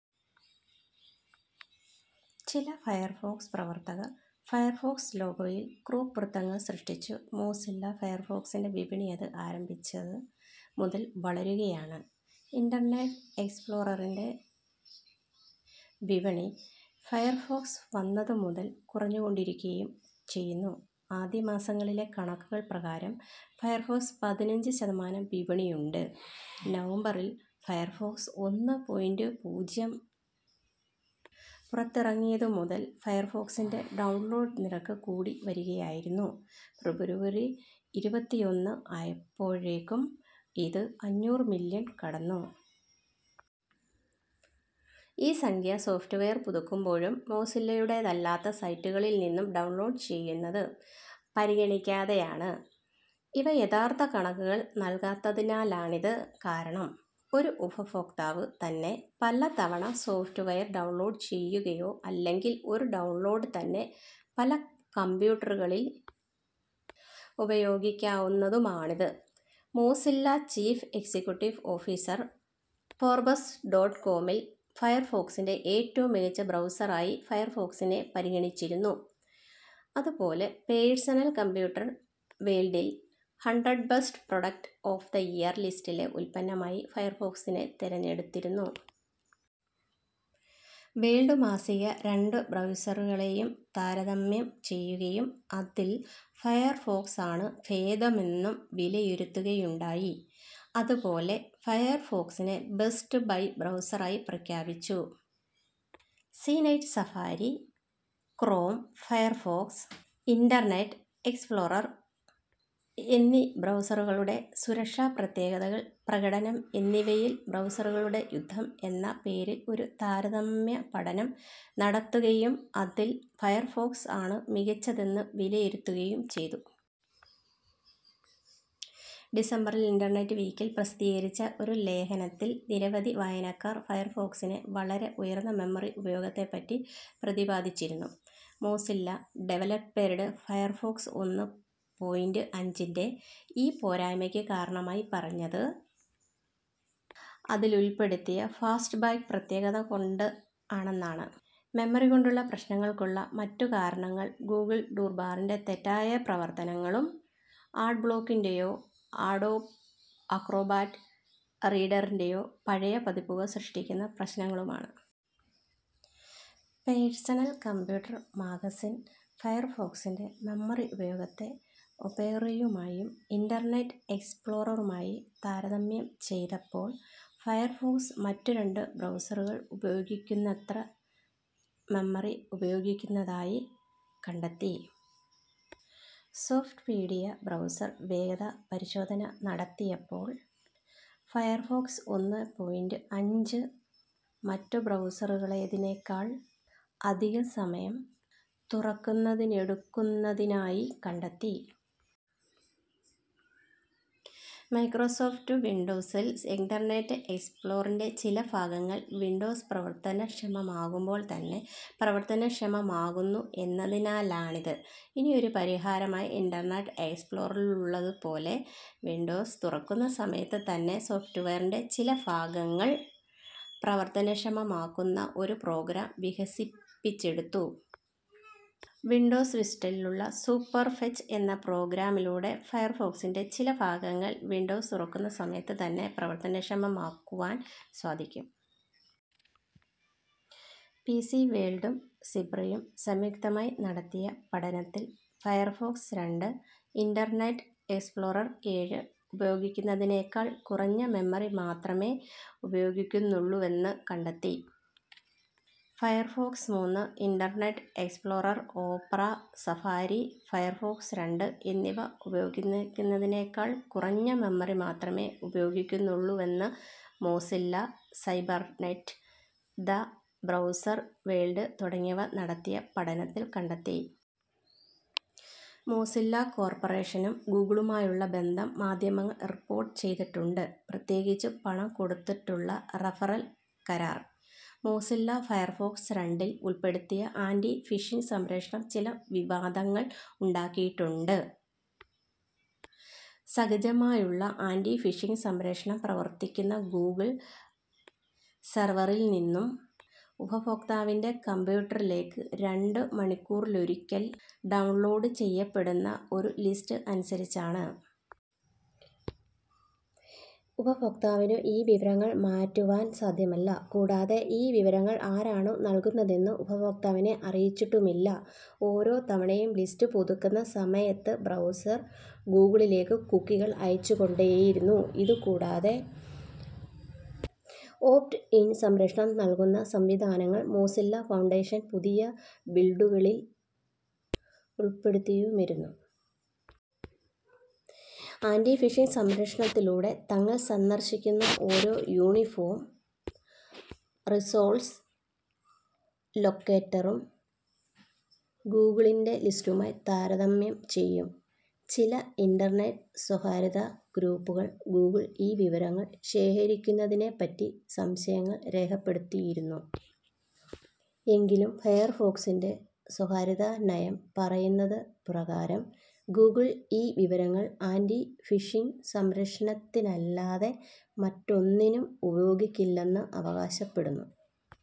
ചില ഫയർഫോക്സ് പ്രവർത്തകർ ഫയർഫോക്സ് ലോഗോയിൽ ക്രോപ്പ് വൃത്തങ്ങൾ സൃഷ്ടിച്ചു. മോസില്ല ഫയർഫോക്സിൻ്റെ വിപണി അത് ആരംഭിച്ചത് മുതൽ വളരുകയാണ്. ഇൻ്റർനെറ്റ് എക്സ്പ്ലോററിൻ്റെ വിപണി ഫയർഫോക്സ് വന്നതു മുതൽ കുറഞ്ഞുകൊണ്ടിരിക്കുകയും ചെയ്യുന്നു. ആദ്യമാസങ്ങളിലെ കണക്കുകൾ പ്രകാരം ഫയർഫോക്സിന് പതിനഞ്ച് ശതമാനം വിപണിയുണ്ട്. നവംബറിൽ ഫയർഫോക്സ് ഒന്ന് പോയിൻ്റ് പൂജ്യം പുറത്തിറങ്ങിയതു മുതൽ ഫയർഫോക്സിൻ്റെ ഡൗൺലോഡ് നിരക്ക് കൂടി വരികയായിരുന്നു, ഫെബ്രുവരി ഇരുപത്തിയൊന്ന് ആയപ്പോഴേക്കും ഇത് അഞ്ഞൂറ് മില്യൺ കടന്നു. ഈ സംഖ്യ സോഫ്റ്റ്‌വെയർ പുതുക്കുമ്പോഴും, മോസില്ലയുടെയല്ലാത്ത സൈറ്റുകളിൽ നിന്നും ഡൗൺലോഡ് ചെയ്യുന്നത് പരിഗണിക്കാതെയാണ്. ഇവ യഥാർത്ഥ കണക്കുകൾ നൽകാത്തതിനാലാണിത്, കാരണം ഒരു ഉപയോക്താവ് തന്നെ പലതവണ സോഫ്റ്റ്‌വെയർ ഡൗൺലോഡ് ചെയ്യുകയോ അല്ലെങ്കിൽ ഒരു ഡൗൺലോഡ് തന്നെ പല കമ്പ്യൂട്ടറുകളിൽ ഉപയോഗിക്കാവുന്നതുമാണിത്. Mozilla chief executive officer Forbes dot കോമിൽ ഫയർഫോക്സിൻ്റെ ഏറ്റവും മികച്ച ബ്രൗസറായി ഫയർഫോക്സിനെ പരിഗണിച്ചിരുന്നു, അതുപോലെ പേഴ്സണൽ കമ്പ്യൂട്ടർ വേൾഡിൽ "hundred best product of the year" ലിസ്റ്റിലെ ഉൽപ്പന്നം ആയി ഫയർഫോക്സിനെ തിരഞ്ഞെടുത്തിരുന്നു. വേൾഡ് മാസിക രണ്ടു ബ്രൗസറുകളെയും താരതമ്യം ചെയ്യുകയും അതിൽ ഫയർഫോക്സ് ആണ് ഭേദമെന്നും വിലയിരുത്തുകയുണ്ടായി. അതുപോലെ ഫയർഫോക്സിനെ ബെസ്റ്റ് ബൈ ബ്രൗസറായി പ്രഖ്യാപിച്ചു. CNET Safari, Chrome, Firefox, Internet Explorer എന്നീ ബ്രൗസറുകളുടെ സുരക്ഷ പ്രത്യേകതകൾ പ്രകടനം എന്നിവയിൽ ബ്രൗസറുകളുടെ യുദ്ധം എന്ന പേരിൽ ഒരു താരതമ്യപഠനം നടത്തുകയും അതിൽ ഫയർഫോക്സ് ആണു മികച്ചതെന്നു വിലയിരുത്തുകയും ചെയ്തു. ഡിസംബറിൽ ഇൻ്റർനെറ്റ് വീക്കിൽ പ്രസിദ്ധീകരിച്ച ഒരു ലേഖനത്തിൽ നിരവധി വായനക്കാർ ഫയർഫോക്സിലെ വളരെ ഉയർന്ന മെമ്മറി ഉപയോഗത്തെ പറ്റി പ്രതിപാദിച്ചിരുന്നു. മോസില്ല ഡെവലപ്പേർസ് ഫയർഫോക്സ് ഒന്ന് പോയിൻ്റ് അഞ്ചിൻ്റെ ഈ പോരായ്മക്കു കാരണമായി പറഞ്ഞത് അതിലുൾപ്പെടുത്തിയ ഫാസ്റ്റ്ബാക്ക് പ്രത്യേകത കൊണ്ടാണെന്നാണ്. മെമ്മറി കൊണ്ടുള്ള പ്രശ്നങ്ങൾക്കുള്ള മറ്റു കാരണങ്ങൾ ഗൂഗിൾ ടൂൾബാറിൻ്റെ തെറ്റായ പ്രവർത്തനങ്ങളും, ആഡ്ബ്ലോക്കിൻ്റെയോ, അഡോബ് അക്രോബാറ്റ് റീഡറിൻ്റെയോ പഴയ പതിപ്പുകൾ സൃഷ്ടിക്കുന്ന പ്രശ്നങ്ങളുമാണ്. പേഴ്സണൽ കമ്പ്യൂട്ടർ മാഗസിൻ ഫയർഫോക്സിൻ്റെ മെമ്മറി ഉപയോഗത്തെ ഒപേറയുമായും ഇൻ്റർനെറ്റ് എക്സ്പ്ലോററുമായി താരതമ്യം ചെയ്തപ്പോൾ ഫയർഫോക്സ് മറ്റു രണ്ടു ബ്രൗസറുകൾ ഉപയോഗിക്കുന്നത്ര മെമ്മറി ഉപയോഗിക്കുന്നതായി കണ്ടെത്തി. സോഫ്റ്റ്പീഡിയ ബ്രൗസർ വേഗതാ പരിശോധന നടത്തിയപ്പോൾ ഫയർഫോക്സ് ഒന്ന് പോയിൻ്റ് അഞ്ച് മറ്റു ബ്രൗസറുകളേതിനേക്കാൾ അധികം സമയം തുറക്കുന്നതിനെടുക്കുന്നതിനായി കണ്ടെത്തി. മൈക്രോസോഫ്റ്റ് വിൻഡോസിൽ ഇൻ്റർനെറ്റ് എക്സ്പ്ലോററിൻ്റെ ചില ഭാഗങ്ങൾ വിൻഡോസ് പ്രവർത്തനക്ഷമമാകുമ്പോൾ തന്നെ പ്രവർത്തനക്ഷമമാകുന്നു എന്നതിനാലാണിത്. ഇതിനൊരു പരിഹാരമായി ഇൻ്റർനെറ്റ് എക്സ്പ്ലോററിലുള്ളതു പോലെ, വിൻഡോസ് തുറക്കുന്ന സമയത്തു തന്നെ സോഫ്റ്റ്‌വെയറിൻ്റെ ചില ഭാഗങ്ങൾ പ്രവർത്തനക്ഷമമാക്കുന്ന ഒരു പ്രോഗ്രാം വികസിപ്പിച്ചെടുത്തു. വിൻഡോസ് വിസ്റ്റയിലുള്ള സൂപ്പർഫെച്ച് എന്ന പ്രോഗ്രാമിലൂടെ ഫയർഫോക്സിൻ്റെ ചില ഭാഗങ്ങൾ വിൻഡോസ് തുറക്കുന്ന സമയത്ത് തന്നെ പ്രവർത്തനക്ഷമമാക്കുവാൻ സാധിക്കും. പി. സി. വേൾഡും സിംബ്രയും സംയുക്തമായി നടത്തിയ പഠനത്തിൽ ഫയർഫോക്സ് രണ്ട്, ഇൻ്റർനെറ്റ് എക്സ്പ്ലൊറർ ഏഴ് ഉപയോഗിക്കുന്നതിനേക്കാൾ കുറഞ്ഞ മെമ്മറി മാത്രമേ ഉപയോഗിക്കുന്നുള്ളൂവെന്ന് കണ്ടെത്തി. ഫയർഫോക്സ് മൂന്ന് Internet Explorer, Opera, Safari, Firefox രണ്ട് എന്നിവ ഉപയോഗിക്കുന്നതിനേക്കാൾ കുറഞ്ഞ മെമ്മറി മാത്രമേ ഉപയോഗിക്കുന്നുള്ളുവെന്ന് Mozilla, Cybernet, the browser world തുടങ്ങിയവ നടത്തിയ പഠനത്തിൽ കണ്ടെത്തി. മോസില്ല കോർപ്പറേഷനും ഗൂഗിളുമായുള്ള ബന്ധം മാധ്യമങ്ങൾ റിപ്പോർട്ട് ചെയ്തിട്ടുണ്ട്, പ്രത്യേകിച്ചും പണം കൊടുത്തുള്ള റഫറൽ കരാർ. മോസില്ല ഫയർഫോക്സ് രണ്ടിൽ ഉൾപ്പെടുത്തിയ ആൻ്റി ഫിഷിങ്ങ് സംരക്ഷണം ചില വിവാദങ്ങൾ ഉണ്ടാക്കിയിട്ടുണ്ട്.: സഹജമായുള്ള ആൻ്റി ഫിഷിങ്ങ് സംരക്ഷണം പ്രവർത്തിക്കുന്ന ഗൂഗിൾ സെർവറിൽ നിന്നും ഉപഭോക്താവിന്റെ കമ്പ്യൂട്ടറിലേക്ക് രണ്ടു മണിക്കൂറിലൊരിക്കൽ ഡൗൺലോഡ് ചെയ്യപ്പെടുന്ന ഒരു ലിസ്റ്റ് അനുസരിച്ചാണ്. ഉപഭോക്താവിനു ഈ വിവരങ്ങൾ മാറ്റുവാൻ സാദ്ധ്യമല്ല, കൂടാതെ ഈ വിവരങ്ങൾ ആരാണു നൽകുന്നതെന്ന് ഉപയോക്താവിനെ അറിയിച്ചിട്ടുമില്ല. ഓരോ തവണയും ലിസ്റ്റ് പുതുക്കുന്ന സമയത്ത് ബ്രൗസർ ഗൂഗിളിലേക്ക് കുക്കികൾ അയച്ചു കൊണ്ടേയിരുന്നു. ഇതു കൂടാതെ, ഓപ്റ്റ് -ഇൻ സംരക്ഷണം നൽകുന്ന സംവിധാനങ്ങൾ മോസില്ല ഫൗണ്ടേഷൻ പുതിയ ബിൽഡുകളിൽ ഉൾപ്പെടുത്തിയുമിരുന്നു. ആൻ്റി ഫിഷിങ്ങ് സംരക്ഷണത്തിലൂടെ, തങ്ങൾ സന്ദർശിക്കുന്ന ഓരോ യൂണിഫോം റിസോഴ്‌സ് ലൊക്കേറ്ററും ഗൂഗിളിൻ്റെ ലിസ്റ്റുമായി താരതമ്യം ചെയ്യും. ചില ഇൻ്റർനെറ്റ് സ്വകാര്യതാ ഗ്രൂപ്പുകൾ ഗൂഗിൾ ഈ വിവരങ്ങൾ ശേഖരിക്കുന്നതിനെ പറ്റി സംശയങ്ങൾ രേഖപ്പെടുത്തിയിരുന്നു, എങ്കിലും ഫയർഫോക്സിൻ്റെ സ്വകാര്യതാ നയം പറയുന്നതു പ്രകാരം ഗൂഗിൾ ഈ വിവരങ്ങൾ ആൻ്റി ഫിഷിങ്ങ് സംരക്ഷണത്തിനല്ലാതെ മറ്റൊന്നിനും ഉപയോഗിക്കില്ലെന്ന് അവകാശപ്പെടുന്നു.